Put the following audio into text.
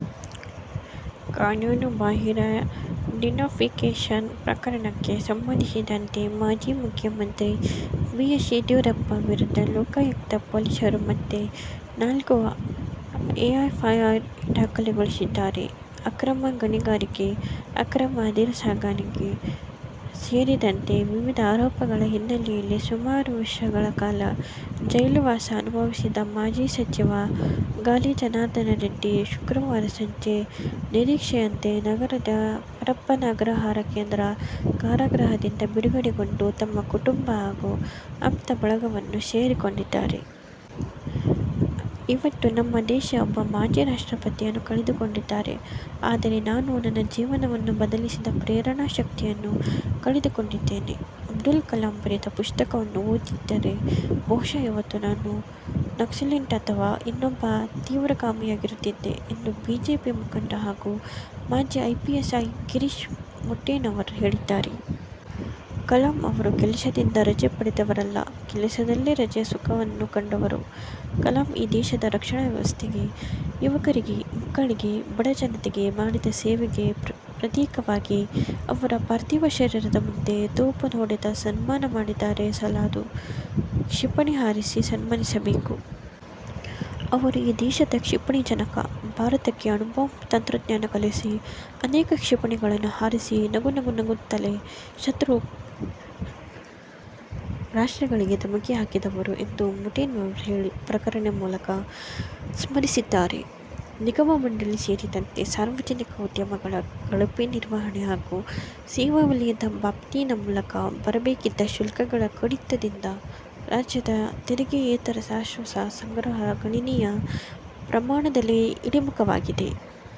ಕಾನೂನುಬಾಹಿರ ಡಿನೋಟಿಫಿಕೇಷನ್ ಪ್ರಕರಣಕ್ಕೆ ಸಂಬಂಧಿಸಿದಂತೆ ಮಾಜಿ ಮುಖ್ಯಮಂತ್ರಿ ಬಿ. ಎಸ್. ಯಡಿಯೂರಪ್ಪ ವಿರುದ್ಧ ಲೋಕಾಯುಕ್ತ ಪೊಲೀಸರು ಮತ್ತೆ ನಾಲ್ಕು ಎಫ್ಐಆರ್ ದಾಖಲಿಸಿಕೊಂಡಿದ್ದಾರೆ. ಅಕ್ರಮ ಗಣಿಗಾರಿಕೆ, ಅಕ್ರಮ ಅದಿರು ಸಾಗಾಣೆ ಸೇರಿದಂತೆ ವಿವಿಧ ಆರೋಪಗಳ ಹಿನ್ನೆಲೆಯಲ್ಲಿ ಸುಮಾರು ವರ್ಷಗಳ ಕಾಲ ಜೈಲು ವಾಸ ಅನುಭವಿಸಿದ ಮಾಜಿ ಸಚಿವ ಗಾಲಿ ಜನಾರ್ದನ ರೆಡ್ಡಿ ಶುಕ್ರವಾರ ಸಂಜೆ ನಿರೀಕ್ಷೆಯಂತೆ ನಗರದ ಪರಪ್ಪನ ಆಗ್ರಹಾರ ಕೇಂದ್ರ ಕಾರಾಗೃಹದಿಂದ ಬಿಡುಗಡೆಗೊಂಡು ತಮ್ಮ ಕುಟುಂಬ ಹಾಗೂ ಆಪ್ತ ಬಳಗವನ್ನು ಸೇರಿಕೊಂಡಿದ್ದಾರೆ. "ಇವತ್ತು ನಮ್ಮ ದೇಶ ಒಬ್ಬ ಮಾಜಿ ರಾಷ್ಟ್ರಪತಿಯನ್ನು ಕಳೆದುಕೊಂಡಿದೆ. ಆದರೆ ನಾನು ನನ್ನ ಜೀವನವನ್ನು ಬದಲಿಸಿದ ಪ್ರೇರಣಾ ಶಕ್ತಿಯನ್ನು ಕಳೆದುಕೊಂಡಿದ್ದೇನೆ. ಅಬ್ದುಲ್ ಕಲಾಂ ಬರೆದ ಪುಸ್ತಕವನ್ನು ಓದದಿದ್ದರೆ ಬಹುಶಃ ಇವತ್ತು ನಾನು ನಕ್ಸಲೈಟ್ ಅಥವಾ ಇನ್ನೊಬ್ಬ ತೀವ್ರಗಾಮಿಯಾಗಿರುತ್ತಿದ್ದೆ' ಎಂದು ಬಿಜೆಪಿ ಮುಖಂಡ ಹಾಗೂ ಮಾಜಿ ಪಿಎಸ್ಐ ಗಿರೀಶ್ ಮಟ್ಟೆಣ್ಣವರ್ ಹೇಳಿದ್ದಾರೆ. ಕಲಾಂ ಅವರು ಕೆಲಸದಿಂದ ರಜೆ ಪಡೆದವರಲ್ಲ. ಕೆಲಸದಲ್ಲೇ ರಜೆಯ ಸುಖವನ್ನು ಕಂಡವರು. ಕಲಾಂ ಈ ದೇಶದ ರಕ್ಷಣಾ ವ್ಯವಸ್ಥೆಗೆ, ಯುವಕರಿಗೆ, ಮಕ್ಕಳಿಗೆ, ಬಡ ಜನತೆಗೆ ಮಾಡಿದ ಸೇವೆಗೆ ಪ್ರತೀಕವಾಗಿ ಅವರ ಪಾರ್ಥಿವ ಶರೀರದ ಮುಂದೆ ತೋಪು ಹೊಡೆದು ಸನ್ಮಾನ ಮಾಡಿದರೆ ಸಾಲದು. ಕ್ಷಿಪಣಿ ಹಾರಿಸಿ ಸನ್ಮಾನಿಸಬೇಕು. ಅವರು ಈ ದೇಶದ ಕ್ಷಿಪಣಿ ಜನಕ. ಭಾರತಕ್ಕೆ ಅಣುಬಾಂಬ್ ತಂತ್ರಜ್ಞಾನ ಕಲಿಸಿ, ಅನೇಕ ಕ್ಷಿಪಣಿಗಳನ್ನು ಹಾರಿಸಿ ನಗುನಗು ನಗುತ್ತಲೇ ಶತ್ರು ರಾಷ್ಟ್ರಗಳಿಗೆ ಧಮಕಿ ಹಾಕಿದವರು ಎಂದು ಮಟ್ಟೆಣ್ಣವರ್ ಪ್ರಕಟಣೆ ಮೂಲಕ ಸ್ಮರಿಸಿದ್ದಾರೆ. ನಿಗಮ-ಮಂಡಳಿ ಸೇರಿದಂತೆ ಸಾರ್ವಜನಿಕ ಉದ್ಯಮಗಳ ಕಳಪೆ ನಿರ್ವಹಣೆ ಹಾಗೂ ಸೇವಾವಲಯದ ಬಾಬ್ತಿನ ಮೂಲಕ ಬರಬೇಕಿದ್ದ ಶುಲ್ಕಗಳ ಕಡಿತದಿಂದ ರಾಜ್ಯದ ತೆರಿಗೆಯೇತರ ರಾಜಸ್ವ ಸಂಗ್ರಹ ಗಣನೀಯ ಪ್ರಮಾಣದಲ್ಲಿ ಇಳಿಮುಖವಾಗಿದೆ.